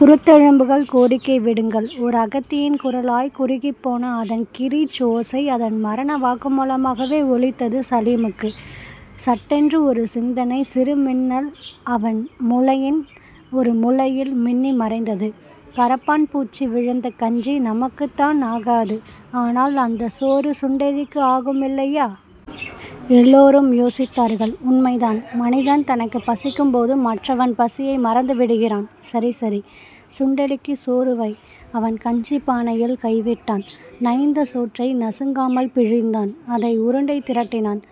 குருத்தெலும்புகள். கோரிக்கை விடுக்கும் ஓர் அகதியின் குரலாய்க் குறுகிப் போன அதன் கிரீச் ஓசை அதன் மரண வாக்குமுலமாகவே ஒலித்தது சலீமுக்கு. சட்டென்று ஒரு சிந்தனைச் சிறுமின்னல் அவன் முளையின் ஒரு முலையில் மின்னிமறைந்தது. கரப்பான்பூச்சி விழுந்த கஞ்சி நமக்குத்தான் ஆகாது. ஆனால் அந்தச் சோறு சுண்டெலிக்கு ஆகுமில்லையா? எல்லோரும் யோசித்தார்கள். உண்மைதான். மனிதன் தனக்குப் பசிக்கும்போது மற்றவன் பசியை மறந்துவிடுகிறான். சரி சரி. சுண்டெலிக்குச் சோறு வை. அவன் கஞ்சிப் பானையில் கைவிட்டான். நைந்த சோற்றை நசுங்காமல் பிழிந்தான். அதை உருண்டை திரட்டினான்.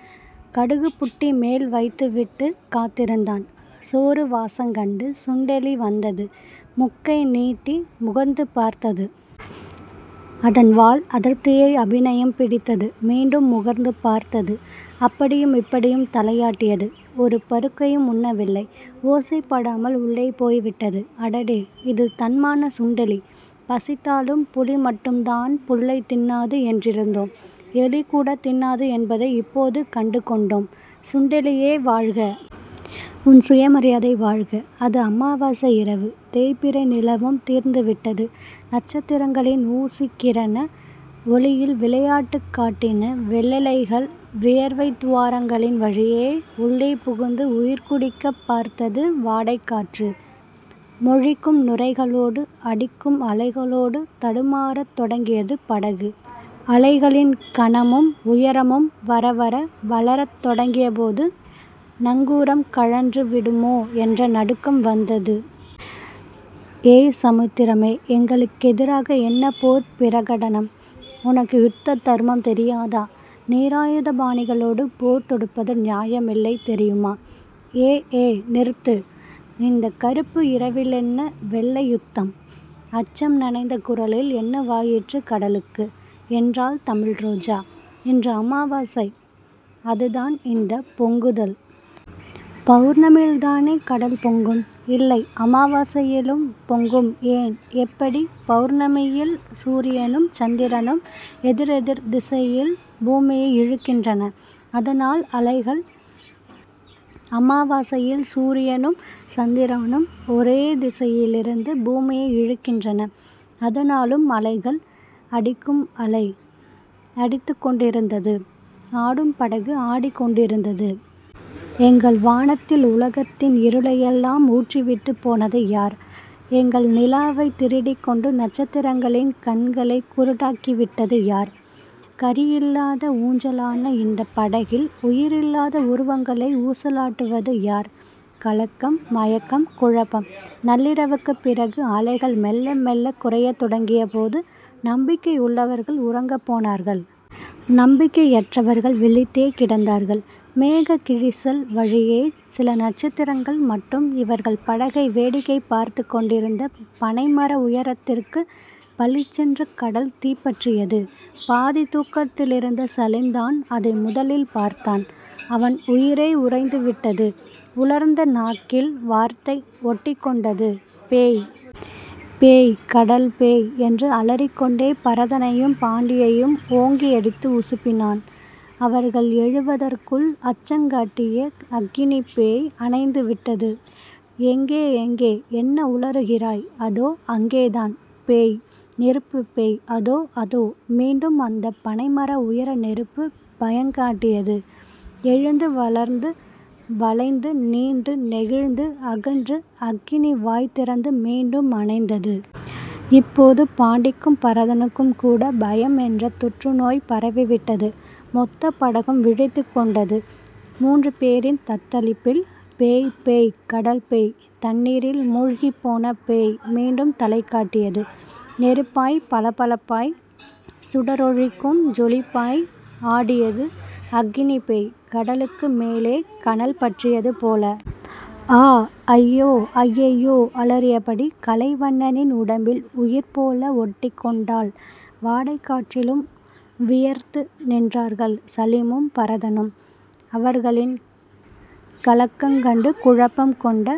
கடுகுபுட்டி மேல் வைத்துவிட்டுக் காத்திருந்தான். சோற்றுவாசங்கண்டு சுண்டெலி வந்தது. முக்கை நீட்டி முகர்ந்து பார்த்தது. அதன் வால் அதிருப்தியை அபிநயம் பிடித்தது. மீண்டும் முகர்ந்து பார்த்தது. அப்படியும் இப்படியும் தலையாட்டியது. ஒரு பருக்கையும் உண்ணவில்லை. ஓசைப்படாமல் உள்ளே போய்விட்டது. அடடே. இது தன்மானச் சுண்டெலி. பசித்தாலும் புலிமட்டும்தான் புல்லைத் தின்னாது என்றிருந்தோம். எலிகூடத் தின்னாது என்பதை இப்போது கண்டுகொண்டோ ம். சுண்டெலியே வாழ்க. உன் சுயமரியாதை வாழ்க. அது அமாவாசை இரவு. தேய்பிறை நிலவும் தீர்ந்துவிட்டது. நட்சத்திரங்களின் ஊசிக்கிரண ஒளியில் விளையாட்டுக் காட்டின வெள்ளலைகள். வியர்வைத் துவாரங்களின் வழியே உள்ளே புகுந்து உயிர்குடிக்கப் பார்த்தது வாடைக்காற்று. கொழிக்கும் நுரைகளோடு அடிக்கும் அலைகளோடு தடுமாறத் தொடங்கியது படகு. அலைகளின் கனமும் உயரமும் வரவர வளரத் தொடங்கியபோது நங்கூரம் கழன்றுவிடுமோ என்ற நடுக்கம் வந்தது. ஏ சமுத்திரமே. எங்களுக்கெதிராக என்ன போர்ப் பிரகடனம்? உனக்கு யுத்த தர்மம் தெரியாதா? நிராயுதபாணிகளோடு போர் தொடுப்பது நியாயமில்லை தெரியுமா? ஏ. ஏ. நிறுத்து. இந்தக் கறுப்பு இரவிலென்ன வெள்ளை யுத்தம்? அச்சம் நனைந்த குரலில் என்னவாயிற்று கடலுக்கு? என்றாள் தமிழ்ரோஜா. இன்று அமாவாசை. அதுதான் இந்தப் பொங்குதல். பெளர்ணமியில்தானே கடல் பொங்கும்? இல்லை அமாவாசையிலும் பொங்கும் ஏன்... எப்படி? பெளர்ணமியில் சூரியனும் சந்திரனும் எதிரெதிர் திசையில் பூமியை இழுக்கின்றன அதனால் அலைகள். அமாவாசையில் சூரியனும் சந்திரனும் ஒரே திசையிலிருந்து பூமியை இழுக்கின்றன. அதனாலும் அலைகள். அடிக்கும் அலை அடித்துக் கொண்டேயிருந்தது. ஆடும் படகு ஆடிக் கொண்டேயிருந்தது. எங்கள் வானத்தில் உலகத்தின் இருளையெல்லாம் ஊற்றிவிட்டுப் போனது யார்? எங்கள் நிலாவைத் திருடிக்கொண்டு நட்சத்திரங்களின் கண்களைக் குருடாக்கிவிட்டது யார்? கயிறில்லாத ஊஞ்சலான இந்தப் படகில் உயிரில்லாத உருவங்களை ஊசலாட்டுவது யார்? கலக்கம். மயக்கம். குழப்பம். நள்ளிரவுக்குப் பிறகு அலைகள் மெள்ள மெள்ளக் குறையத் தொடங்கியபோது நம்பிக்கை உள்ளவர்கள் உறங்கிப் போனார்கள். நம்பிக்கையற்றவர்கள் விழித்தே கிடந்தார்கள். மேகக் கிழிசல் வழியே சில நட்சத்திரங்கள் மட்டும் இவர்கள் படகை வேடிக்கை பார்த்துக் கொண்டிருந்த பனைமர உயரத்திற்குப் பளிச்சென்று கடல் தீப்பற்றியது. பாதித் தூக்கத்திலிருந்த சலீம்தான் அதை முதலில் பார்த்தான். அவன் உயிரே உறைந்துவிட்டது. உலர்ந்த நாக்கில் வார்த்தை ஒட்டிக்கொண்டது. பேய். பேய். கடல்பேய். என்று அலறிக்கொண்டே பரதனையும் பாண்டியையும் ஓங்கியடித்து உசுப்பினான். அவர்கள் எழுவதற்குள் அச்சங்காட்டிய அக்கினிப்பேய் அணைந்துவிட்டது. எங்கே? எங்கே? என்ன உளறுகிறாய்? அதோ.. அங்கேதான். பேய். நெருப்புப் பேய். அதோ. அதோ. மீண்டும் அந்தப் பனைமர உயர நெருப்பு பயங்காட்டியது. எழுந்து வளர்ந்து வளைந்து நீண்டு நெகிழ்ந்து அகன்று அக்கினி வாய்திறந்து மீண்டும் அணைந்தது. இப்போது பாண்டிக்கும் பரதனுக்கும்கூடப் பயம் என்ற தொற்றுநோய் பரவிவிட்டது. மொத்தப் படகும் விழித்துக் கொண்டது முன்று பேரின் தத்தளிப்பில். பேய். பேய். கடல் பேய். தண்ணீரில் முழ்கிப்போன பேய் மீண்டும் தலைகாட்டியது. நெருப்பாய் பளபளப்பாய் சுடரொழுகும் ஜொலிப்பாய் ஆடியது அக்கினிப் பேய் கடலுக்கு மேலே கனல் பற்றியது போல. ஆ. அய்யோ. அய்யய்யோ. அலறியபடி கலைவண்ணனின் உடம்பில் உயிர்போல ஒட்டிக்கொண்டாள் வாடைக்காற்றிலும் வியர்த்து நின்றார்கள் சலீமும் பரதனும். அவர்களின் கலக்கங்கண்டு குழப்பம்கொண்ட